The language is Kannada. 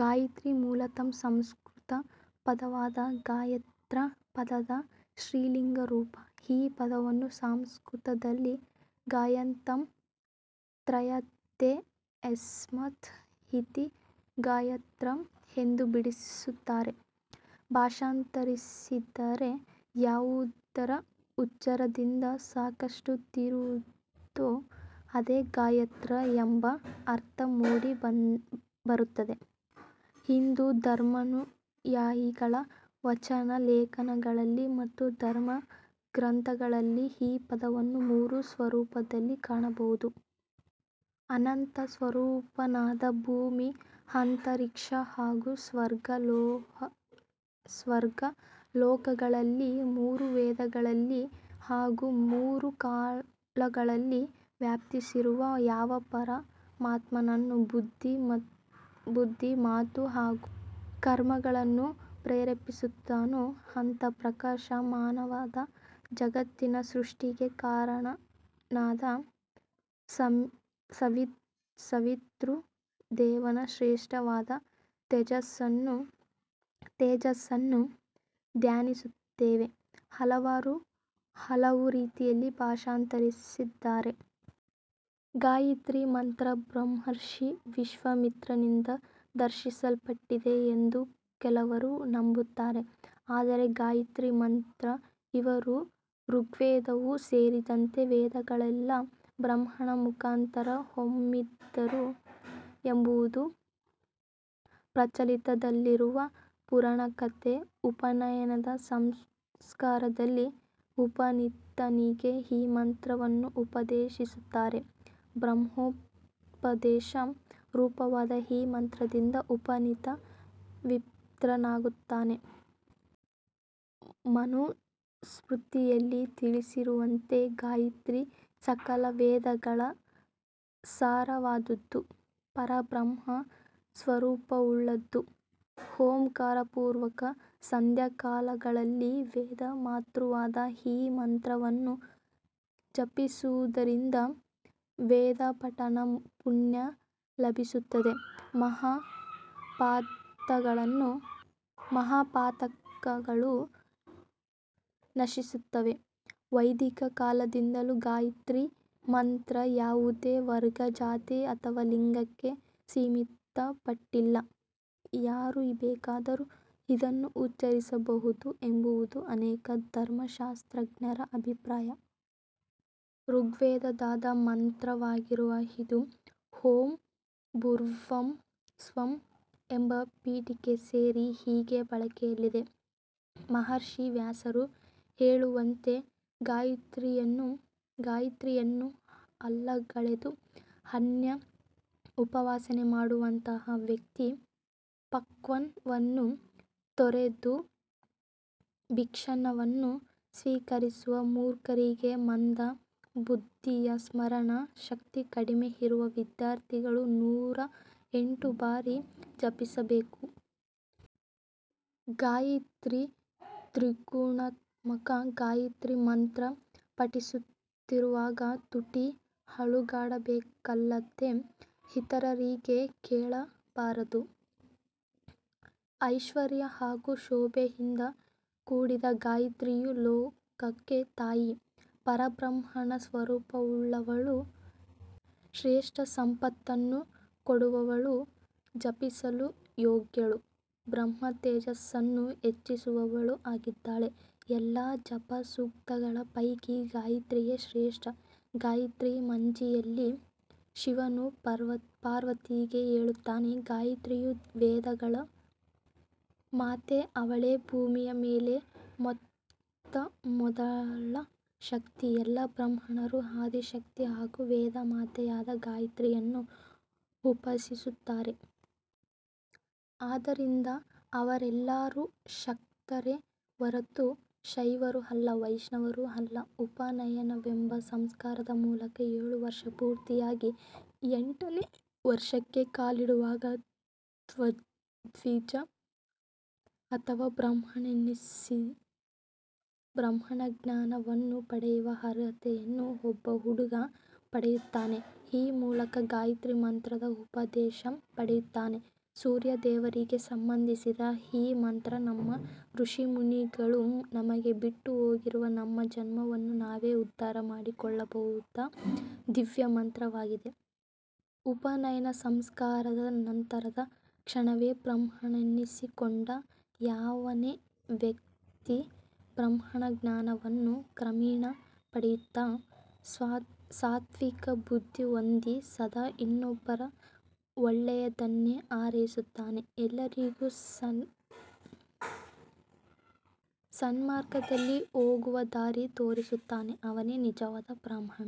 ಗಾಯತ್ರಿ ಮೂಲತಃ ಸಂಸ್ಕೃತ ಪದವಾದ ಗಾಯತ್ರ ಪದದ ಸ್ತ್ರೀಲಿಂಗ ರೂಪ. ಈ ಪದವನ್ನು ಸಂಸ್ಕೃತದಲ್ಲಿ ಗಾಯಂತಮ್ ತ್ರಾಯತೇ ಯಸ್ಮಾತ್ ಇತಿ ಗಾಯತ್ರಾ ಎಂದು ಬಿಡಿಸುತ್ತಾರೆ. ಭಾಷಾಂತರಿಸಿದರೆ ಯಾವುದರ ಉಚ್ಚಾರದಿಂದ ಸಂಕಷ್ಟ ತೀರುವುದೊ ಅದೆ ಗಾಯತ್ರ ಎಂಬ ಅರ್ಥ ಮೂಡಿ ಬರುತ್ತದೆ. ಹಿಂದೂ ಧರ್ಮಾನುಯಾಯಿಗಳ ವಚನ ಲೇಖನಗಳಲ್ಲಿ ಮತ್ತು ಧರ್ಮ ಗ್ರಂಥಗಳಲ್ಲಿ ಈ ಪದವನ್ನು ಮೂರು ಸ್ವರೂಪದಲ್ಲಿ ಕಾಣಬಹುದು. ಅನಂತ ಸ್ವರೂಪನಾದ ಭೂಮಿ, ಅಂತರಿಕ್ಷ ಹಾಗೂ ಸ್ವರ್ಗ ಲೋಕಗಳಲ್ಲಿ ಮೂರು ವೇದಗಳಲ್ಲಿ ಹಾಗೂ ಮೂರು ಕಾಲಗಳಲ್ಲಿ ವ್ಯಾಪಿಸಿರುವ ಯಾವ ಪರಮಾತ್ಮನನ್ನು ಬುದ್ಧಿ, ಮಾತು ಹಾಗೂ ಕರ್ಮಗಳನ್ನು ಪ್ರೇರೇಪಿಸುತ್ತಾನೋ ಅಂಥ ಪ್ರಕಾಶ ಮಾನವಾದ ಜಗತ್ತಿನ ಸೃಷ್ಟಿಗೆ ಕಾರಣನಾದ ಸವಿತೃ ದೇವನ ಶ್ರೇಷ್ಠವಾದ ತೇಜಸ್ಸನ್ನು ಧ್ಯಾನಿಸುತ್ತೇವೆ. ಹಲವರು ಹಲವು ರೀತಿಯಲ್ಲಿ ಭಾಷಾಂತರಿಸಿದ್ದಾರೆ. ಗಾಯತ್ರೀ ಮಂತ್ರ ಬ್ರಹ್ಮರ್ಷಿ ವಿಶ್ವಾಮಿತ್ರನಿಂದ ದರ್ಶಿಸಲ್ಪಟ್ಟಿದೆ ಎಂದು ಕೆಲವರು ನಂಬುತ್ತಾರೆ. ಆದರೆ ಗಾಯತ್ರೀ ಮಂತ್ರ ಇರುವ ಋಗ್ವೇದವೂ ಸೇರಿದಂತೆ, ವೇದಗಳೆಲ್ಲ ಬ್ರಹ್ಮನ ಮುಖಾಂತರ ಹೊಮ್ಮಿದವು ಎಂಬುದು ಪ್ರಚಲಿತದಲ್ಲಿರುವ ಪುರಾಣ ಕಥೆ. *ಉಪನಯನ ಸಂಸ್ಕಾರದಲ್ಲಿ ಉಪನೀತನಿಗೆ ಈ ಮಂತ್ರವನ್ನು ಉಪದೇಶಿಸುತ್ತಾರೆ. ಬ್ರಹ್ಮೋಪದೇಶ ರೂಪವಾದ ಈ ಮಂತ್ರದಿಂದ ಉಪನೀತ ವಿಪ್ರನಾಗುತ್ತಾನೆ. ಮನುಸ್ಮೃತಿಯಲ್ಲಿ ತಿಳಿಸಿರುವಂತೆ ಗಾಯತ್ರಿ ಸಕಲ ವೇದಗಳ ಸಾರವಾದುದು, ಪರಬ್ರಹ್ಮ ಸ್ವರೂಪವುಳ್ಳದ್ದು. ಓಂಕಾರಪುರ್ವಕ ಸಂಧ್ಯಾಕಾಲಗಳಲ್ಲಿ ವೇದಮಾತೃವಾದ ಈ ಮಂತ್ರವನ್ನು ಜಪಿಸುವುದರಿಂದ ವೇದಪಠನ ಪುಣ್ಯ ಲಭಿಸುತ್ತದೆ, ಮಹಾಪಾತಕಗಳು ನಶಿಸುತ್ತವೆ. *ವೈದಿಕ ಕಾಲದಿಂದಲೂ ಗಾಯತ್ರಿ ಮಂತ್ರ ಯಾವುದೆ ವರ್ಗ, ಜಾತಿ ಅಥವಾ ಲಿಂಗಕ್ಕೆ ಸೀಮಿತಪಟ್ಟಿಲ್ಲ ಯಾರು ಬೇಕಾದರು ಇದನ್ನು ಉಚ್ಚರಿಸಬಹುದು ಎಂಬುವುದು ಅನೇಕ ಧರ್ಮಶಾಸ್ತ್ರಜ್ಞರ ಅಭಿಪ್ರಾಯ. ಋಗ್ವೇದದದ ಮಂತ್ರವಾಗಿರುವ ಇದು, "ಓಂ ಭೂರ್ಭುವಃ ಸ್ವಃ" ಎಂಬ ಪೀಠಿಕೆ ಸೇರಿ ಹೀಗೆ ಬಳಕೆಯಲ್ಲಿದೆ. ಮಹರ್ಷಿ ವ್ಯಾಸರು ಹೇಳುವಂತೆ ಗಾಯತ್ರಿಯನ್ನು ಅಲ್ಲಗಳೆದು ಅನ್ಯ ಉಪಾಸನೆ ಮಾಡುವಂಥ ವ್ಯಕ್ತಿ ಪಕ್ವಾನ್ನವನ್ನು ತೊರೆದು ಭಿಕ್ಷಾನ್ನವನ್ನು ಸ್ವೀಕರಿಸುವ ಮೂರ್ಖರಿಗೆ ಮಂದ ಬುದ್ಧಿಯ ಸ್ಮರಣ ಶಕ್ತಿ ಕಡಿಮೆ ಇರುವ ವಿದ್ಯಾರ್ಥಿಗಳು ನೂರ ಎಂಟು ಬಾರಿ ಜಪಿಸಬೇಕು. ಗಾಯತ್ರಿ ತ್ರಿಗುಣಾತ್ಮಕ ಗಾಯತ್ರಿ ಮಂತ್ರ ಪಠಿಸುತ್ತಿರುವಾಗ ತುಟಿ ಅಲುಗಾಡಬೇಕಲ್ಲದೆ ಇತರರಿಗೆ ಕೇಳಬಾರದು. *ಐಶ್ವರ್ಯ ಹಾಗೂ ಶೋಭೆಯಿಂದ ಕೂಡಿದ ಗಾಯತ್ರಿಯು ಲೋಕಕ್ಕೆ ತಾಯಿ. ಪರಬ್ರಹ್ಮನ ಸ್ವರೂಪವುಳ್ಳವಳು, ಶ್ರೇಷ್ಠ ಸಂಪತ್ತನ್ನು ಕೊಡುವವಳು, ಜಪಿಸಲು ಯೋಗ್ಯಳು, ಬ್ರಹ್ಮತೇಜಸ್ಸನ್ನು ಹೆಚ್ಚಿಸುವವಳು ಆಗಿದ್ದಾಳೆ. ಎಲ್ಲ ಜಪಸೂಕ್ತಗಳ ಪೈಕಿ ಗಾಯತ್ರಿಯೇ ಶ್ರೇಷ್ಠ. ಗಾಯತ್ರಿ ಮಂಜರಿಯಲ್ಲಿ ಶಿವನು ಪಾರ್ವತಿಗೆ ಹೇಳುತ್ತಾನೆ ಗಾಯತ್ರಿಯು ವೇದಗಳ ಮಾತೆ ಅವಳೇ ಭೂಮಿಯ ಮೇಲಿನ ಮೊತ್ತ ಮೊದಲ ಶಕ್ತಿ, ಎಲ್ಲಾ ಬ್ರಾಹ್ಮಣರು ಆದಿ ಶಕ್ತಿ ಹಾಗೂ ವೇದಮಾತೆಯಾದ ಗಾಯತ್ರಿಯನ್ನು ಉಪಾಸಿಸುತ್ತಾರೆ. ಆದ್ದರಿಂದ ಅವರೆಲ್ಲರೂ ಶಕ್ತರೇ ಹೊರತು ಶೈವರೂ ಅಲ್ಲ ವೈಷ್ಣವರೂ ಅಲ್ಲ. ಉಪನಯನವೆಂಬ ಸಂಸ್ಕಾರದ ಮೂಲಕ ಏಳು ವರ್ಷ ಪೂರ್ತಿಯಾಗಿ ಎಂಟನೇ ವರ್ಷಕ್ಕೆ ಕಾಲಿಡುವಾಗ ದ್ವಿಜ ಅಥವಾ ಬ್ರಾಹ್ಮಣನೆನಿಸಿ ಬ್ರಹ್ಮಜ್ಞಾನವನ್ನು ಪಡೆಯುವ ಅರ್ಹತೆಯನ್ನು ಒಬ್ಬ ಹುಡುಗ ಪಡೆಯುತ್ತಾನೆ. ಈ ಮೂಲಕ ಗಾಯತ್ರಿ ಮಂತ್ರದ ಉಪದೇಶ ಪಡೆಯುತ್ತಾನೆ. ಸೂರ್ಯ ದೇವರಿಗೆ ಸಂಬಂಧಿಸಿದ ಈ ಮಂತ್ರ ನಮ್ಮ ಋಷಿಮುನಿಗಳು ನಮಗೆ ಬಿಟ್ಟು ಹೋಗಿರುವ ನಮ್ಮ ಜನ್ಮವನ್ನು ನಾವೇ ಉದ್ಧಾರ ಮಾಡಿಕೊಳ್ಳಬಹುದಾದ ದಿವ್ಯಮಂತ್ರವಾಗಿದೆ. ಉಪನಯನ ಸಂಸ್ಕಾರದ ನಂತರದ ಕ್ಷಣವೇ ಬ್ರಾಹ್ಮಣನೆನಿಸಿಕೊಂಡ ಯಾವನೇ ವ್ಯಕ್ತಿ ಬ್ರಹ್ಮಜ್ಞಾನವನ್ನು ಕ್ರಮೇಣ ಪಡೆಯುತ್ತಾ, ಸಾತ್ವಿಕ ಬುದ್ಧಿ ಹೊಂದಿ ಸದಾ ಇನ್ನೊಬ್ಬರ ಒಳ್ಳೆಯದನ್ನೇ ಹಾರೈಸುತ್ತಾನೆ. ಎಲ್ಲರಿಗೂ ಸನ್ಮಾರ್ಗದಲ್ಲಿ ಹೋಗುವ ದಾರಿ ತೋರಿಸುತ್ತಾನೆ. ಅವನೇ ನಿಜವಾದ ಬ್ರಾಹ್ಮಣ.